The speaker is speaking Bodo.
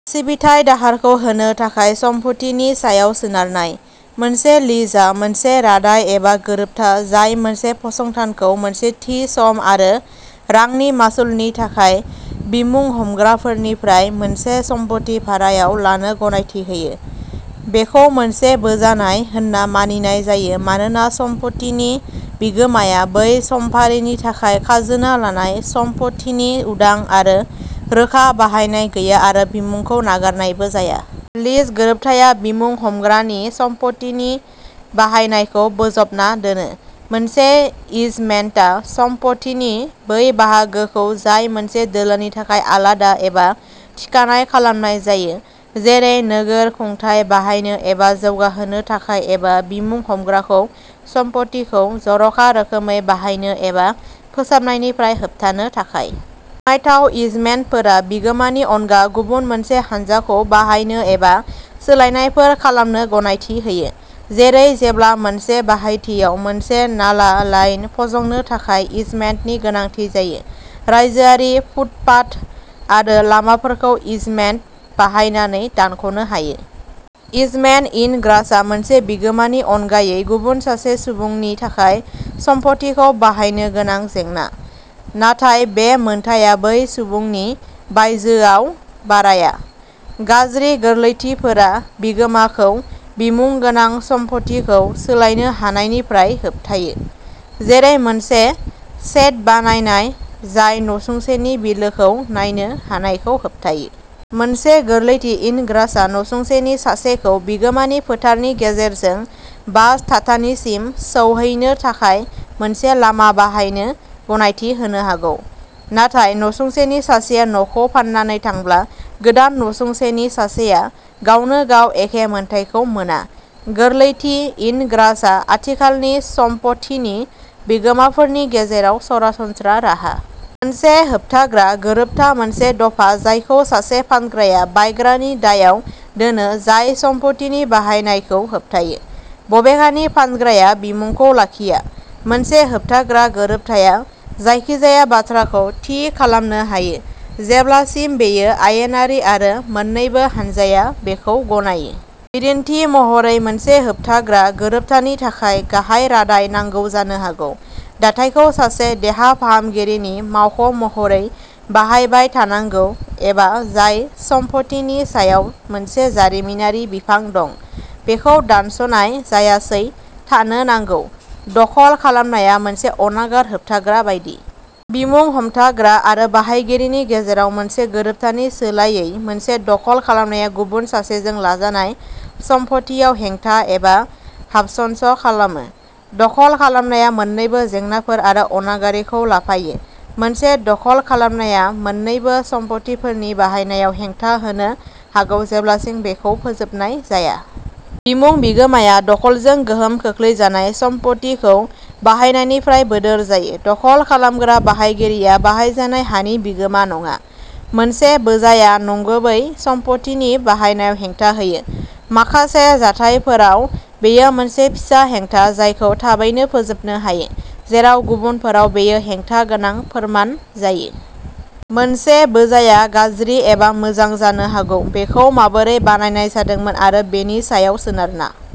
सिबिथाय दाहारखौ होनो थाखाय सम्फथिनि सायाव सोनारनाय। मोनसे लिजआ मोनसे रादाय एबा गोरोबथा जाय मोनसे फसंथानखौ मोनसे थि सम आरो रांनि मासुलनि थाखाय बिमुं-हमग्रानिफ्राय मोनसे सम्फथि भारायाव लानो गनायथि होयो। बेखौ मोनसे बोजानाय होनना मानिनाय जायो मानोना सम्पथिनि बिगोमाया बै समफारिनि थाखाय खाजोना-लानाय सम्पथिनि उदां आरो रोखा बाहायनाय गैया आरो बिमुंखौ नागारनायबो जाया। लिज गोरोबथाया बिमुं-हमग्रानि सम्पथिनि बाहायनायखौ बोजबना दोनो। मोनसे इजमेन्टआ सम्पथिनि बै बाहागोखौ जायखौ मोनसे दोलोनि थाखाय आलादा एबा थिखानाय खालामनाय जायो। जेरै नोगोर खुंथाय बाहायनो एबा जौगाहोनो थाखाय एबा बिमुं हमग्राखौ सम्पथिखौ जर'खा रोखोमै बाहायनो एबा फोसाबनायनिफ्राय होबथानो थाखाय। गनायथाव इजमेन्टफोरा बिगोमानि अनगा गुबुन मोनसे हानजाखौ बाहायनो एबा सोलायनायफोर खालामनो गनायथि होयो। जेरै जेब्ला मोनसे बाहायथियाव मोनसे नाला लाइन फसंनो थाखाय इजमेन्टनि गोनांथि जायो। रायजोआरि फुटपाथ आरो लामाफोरखौ इजमेन्ट बाहायनानै दानख'नो हायो। इजमेन्ट इन ग्रासआ मोनसे बिगोमानि अनगायै गुबुन सासे सुबुंनि थाखाय सम्फथिखौ बाहायनो गोनां जेंना। नाथाय बे मोन्थाइआ बै सुबुंनि बायजोआव बाराया। गाज्रि गोरलैथिफोरा बिगोमाखौ बिमुं गोनां सम्फथिखौ सोलायनो हानायनिफ्राय होबथायो। जेरै मोनसे शेड बानायनाय जाय नसुंसेनि बिलोखौ नायनो हानायखौ होबथायो। मोनसे गोरलैथि इन ग्रासआ नसुंसेनि सासेखौ बिगोमानि फोथारनि गेजेरजों बास थाथानिसिम सौहैनो थाखाय मोनसे लामा बाहायनो गनायथि होनो हागौ। नाथाय नसुंसेनि सासेया न'खौ फाननानै थांब्ला गोदान नसुंसेनि सासेआ गावनो गाव एखे मोन्थाइखौ मोना। गोरलैथि इन ग्रासआ खाथिखालानि सम्पथिनि बिगोमाफोरनि गेजेराव सरासनस्रा राहा। मोनसे होबथाग्रा गोरोबथा मोनसे दफा जायखौ सासे फानग्राया बायग्रानि दायआव दोनो जाय सम्पथिनि बाहायनायखौ होबथायो। बबेखानि फानग्राया बिमुंखौ लाखिया। मोनसे होबथाग्रा गोरोबथाया जायखिजाया बाथ्राखौ थि खालामनो हायो जेब्लासिम बेयो आयेनारि आरो मोन्नैबो हानजाया बेखौ गनायो। बिदिन्थि महरै मोनसे होबथाग्रा गोरोबथानि थाखाय गाहाय रादाय नांगौ जानो हागौ। दाथाइखौ सासे देहा फाहामगिरिनि मावख'महरै बाहायबाय थानांगौ एबा जाय सम्फथिनि सायाव मोनसे जारिमिनारि बिफां दं। बेखौ दानस'नाय जायासै थानो नांगौ। दखल खालामनाया मोनसे अनागार होबथाग्रा बायदि। बिमुं हमथाग्रा आरो बाहायगिरिनि गेजेराव मोनसे गोरोबथानि सोलायै मोनसे दखल खालामनाया गुबुन सासेजों लाजानाय सम्फथियाव हेंथा एबा हाबसनस' खालामो। दखल खालामनाया मोन्नैबो जेंनाफोर आरो अनागारि खौ लाफायो। मोनसे दखल खालामनाया मोन्नैबो सम्पथिफोरनि बाहायनायाव हेंथा होनो हागौ जेब्लासिम बेखौ फोजोबनाय जाया। बिमुं-बिगोमाया दखलजों गोहोम खोख्लैजानाय सम्पथिखौ बाहायनायनिफ्राय बोदोर जायो। दखल खालामग्रा बाहायगिरिया बाहायजानाय हानि बिगोमा नङा। मोनसे बोजाया नंगुबै सम्पथिनि बाहायनायाव हेंथा होयो। माखासे जाथायफोराव बेयो मोनसे फिसा हेंथा जायखौ थाबैनो फोजोबनो हायो। जेराव गुबुनफोराव बेयो हेंथा गोनां फोरमान जायो। मोनसे बोजाया गाज्रि एबा मोजां जानो हागौ। बेखौ माबोरै बानायनाय जादोंमोन आरो बेनि सायाव सोनारना।